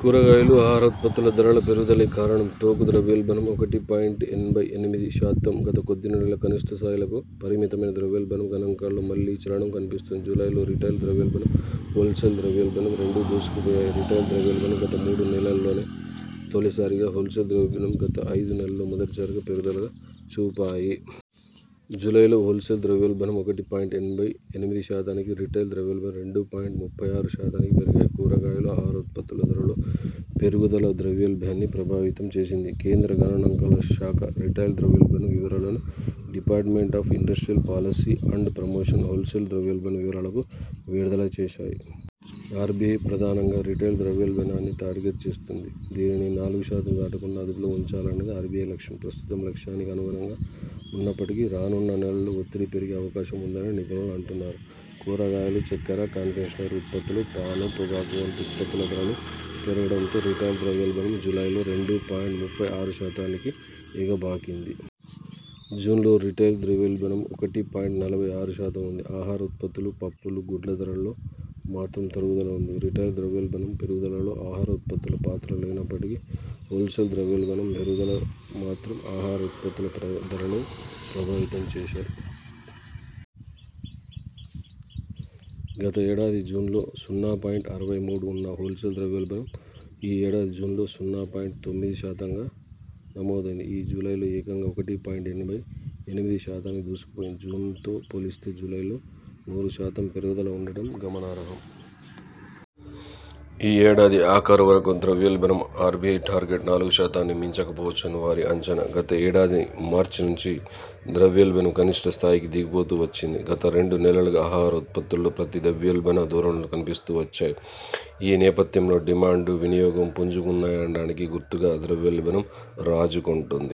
కూరగాయలు, ఆహార ఉత్పత్తుల ధరల పెరుగుదలే కారణం. టోకు ద్రవ్యోల్బణం ఒకటి పాయింట్ ఎనభై ఎనిమిది శాతం గత కొద్ది నెలలుగా కనిష్ట స్థాయిలకు పరిమితమైన ద్రవ్యోల్బణం గణాంకాల్లో మళ్లీ చలనం కనిపిస్తోంది. జూలైలో రిటైల్ ద్రవ్యోల్బణం, హోల్సేల్ ద్రవ్యోల్బణం రెండూ దూసుకుపోయాయి. రిటైల్ ద్రవ్యోల్బణం గత మూడునెలల్లో తొలిసారిగా, హోల్సేల్ ద్రవ్యోల్బణం గత ఐదు నెలల్లో మొదటిసారిగా పెరుగుదల చూపాయి. జూలైలో హోల్సేల్ ద్రవ్యోల్బణం ఒకటి పాయింట్ ఎనభై ఎనిమిది శాతానికి, రిటైల్ ద్రవ్యోల్బణం రెండు పాయింట్ ముప్పై ఆరు శాతానికి పెరిగాయి. కూరగాయలు, ఆహార ఉత్పత్తుల ధరల్లో పెరుగుదల ద్రవ్యోల్బణాన్ని ప్రభావితం చేసింది. కేంద్ర గణాంకాల శాఖ రిటైల్ ద్రవ్యోల్బణం వివరాలను, department of industrial policy and promotion wholesale ద్రవ్యోల్బణం వివరాలను విడుదల చేశాయి. ఆర్బిఐ ప్రధానంగా రిటైల్ ద్రవ్యోల్బణాన్ని టార్గెట్ చేస్తుంటుంది. దీనిని నాలుగు శాతం దాటకుండా అదుపులో ఉంచాలన్నది ఆర్బిఐ లక్ష్యం. ప్రస్తుతం లక్ష్యానికి అనుగుణంగా ఉన్నప్పటికీ రానున్న నెలల్లో ఒత్తిడి పెరిగే అవకాశం ఉందని నిపుణులు అంటున్నారు. కూరగాయలు, చక్కెర, కన్ఫెక్షనరీ ఉత్పత్తులు, పాన్, పొగాకు వంటి ఉత్పత్తుల ధరలు పెరుగడంతో రిటైల్ ద్రవ్యోల్బణం జూలైలో రెండు పాయింట్ ముప్పై ఆరు శాతానికి ఎగబాకింది. జూన్లో రిటైల్ ద్రవ్యోల్బణం ఒకటి పాయింట్ నలభై ఆరు శాతం ఉంది. ఆహార ఉత్పత్తులు, పప్పులు, గుడ్ల ధరల్లో మాత్రం తరుగుదల ఉంది. రిటైల్ ద్రవ్యోల్బణం పెరుగుదలలో ఆహార ఉత్పత్తుల పాత్ర లేనప్పటికీ హోల్సేల్ ద్రవ్యోల్బణం పెరుగుదలను మాత్రం ఆహార ఉత్పత్తుల ధరలే ప్రభావితం చేశాయి. గత ఏడాది జూన్లో సున్నా పాయింట్ అరవై మూడు ఉన్న హోల్ సేల్ ద్రవ్యోల్బణం ఈ ఏడాది జూన్లో సున్నా పాయింట్ తొమ్మిది శాతంగా నమోదైంది. ఈ జూలైలో ఏకంగా ఒకటి పాయింట్ ఎనభై ఎనిమిది శాతానికి దూసుకుపోయింది. జూన్తో పోలిస్తే జూలైలో నూరు శాతం పెరుగుదల ఉండటం గమనార్హం. ఈ ఏడాది ఆఖరు వరకు ద్రవ్యోల్బణం ఆర్బిఐ టార్గెట్ నాలుగు శాతాన్ని మించకపోవచ్చని వారి అంచనా. గతేడాది మార్చి నుంచి ద్రవ్యోల్బణం కనిష్ఠ స్థాయికి దిగిపోతూ వచ్చింది. గత రెండు నెలలుగా ఆహార ఉత్పత్తుల్లో ప్రతి ద్రవ్యోల్బణ ధోరణులు కనిపిస్తూ వచ్చాయి. ఈ నేపధ్యంలో డిమాండ్, వినియోగం పుంజుకున్నాయనడానికి గుర్తుగా ద్రవ్యోల్బణం రాజుకుంటోంది.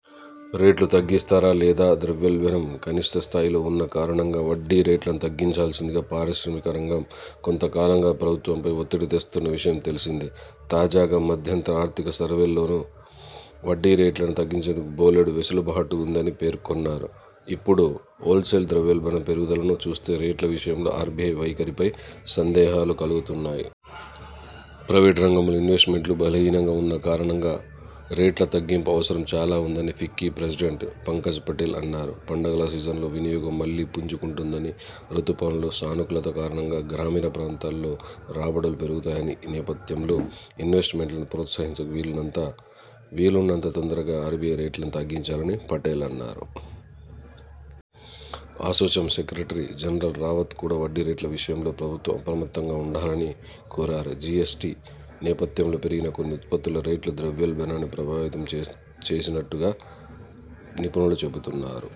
రేట్లు తగ్గిస్తారా లేదా? ద్రవ్యోల్బణం కనిష్ఠ స్థాయిల్లో ఉన్న కారణంగా వడ్డీ రేట్లను తగ్గించాల్సిందిగా పారిశ్రామిక రంగం కొంతకాలంగా ప్రభుత్వంపై ఒత్తిడి తెస్తున్న విషయం తెలిసిందే. తాజాగా మధ్యంతర ఆర్థిక సర్వేలోనూ వడ్డీ రేట్లను తగ్గించేందుకు బోలెడు వెసులుబాటు ఉందని పేర్కొన్నారు. ఇప్పుడు హోల్సేల్ ద్రవ్యోల్బణం పెరుగుదలను చూస్తే రేట్ల విషయంలో ఆర్బిఐ వైఖరిపై సందేహాలు కలుగుతున్నాయి. ప్రైవేట్ రంగంలో ఇన్వెస్ట్ మెంట్లు బలహీనంగా ఉన్న కారణంగా రేట్ల తగ్గింపు అవసరం చాలా ఉందనీ ఫిక్కీ ప్రెసిడెంట్ పంకజ్ పటేల్ అన్నారు. పండగల సీజన్లో వినియోగం మళ్లీ పుంజుకుంటుందని, రుతుపవనాల సానుకూలత కారణంగా గ్రామీణ ప్రాంతాల్లో రాబడులు పెరుగుతాయని ఈ నేపథ్యంలో ఇన్వెస్ట్ మెంట్లను ప్రోత్సహించేందుకు వీలున్నంత తొందరగా ఆర్బిఐ రేట్లను తగ్గించాలని పటేల్ అన్నారు. అసోచామ్ సెక్రటరీ జనరల్ రావత్ కూడా వడ్డీ రేట్ల విషయంలో ప్రభుత్వం అప్రమత్తంగా ఉండాలని కోరారు. జిఎ్సటి నేపథ్యంలో పెరిగిన కొన్ని ఉత్పత్తుల రేట్లు ద్రవ్యోల్బణాన్ని ప్రభావితం చేసినట్టుగా నిపుణులు చెబుతున్నారు.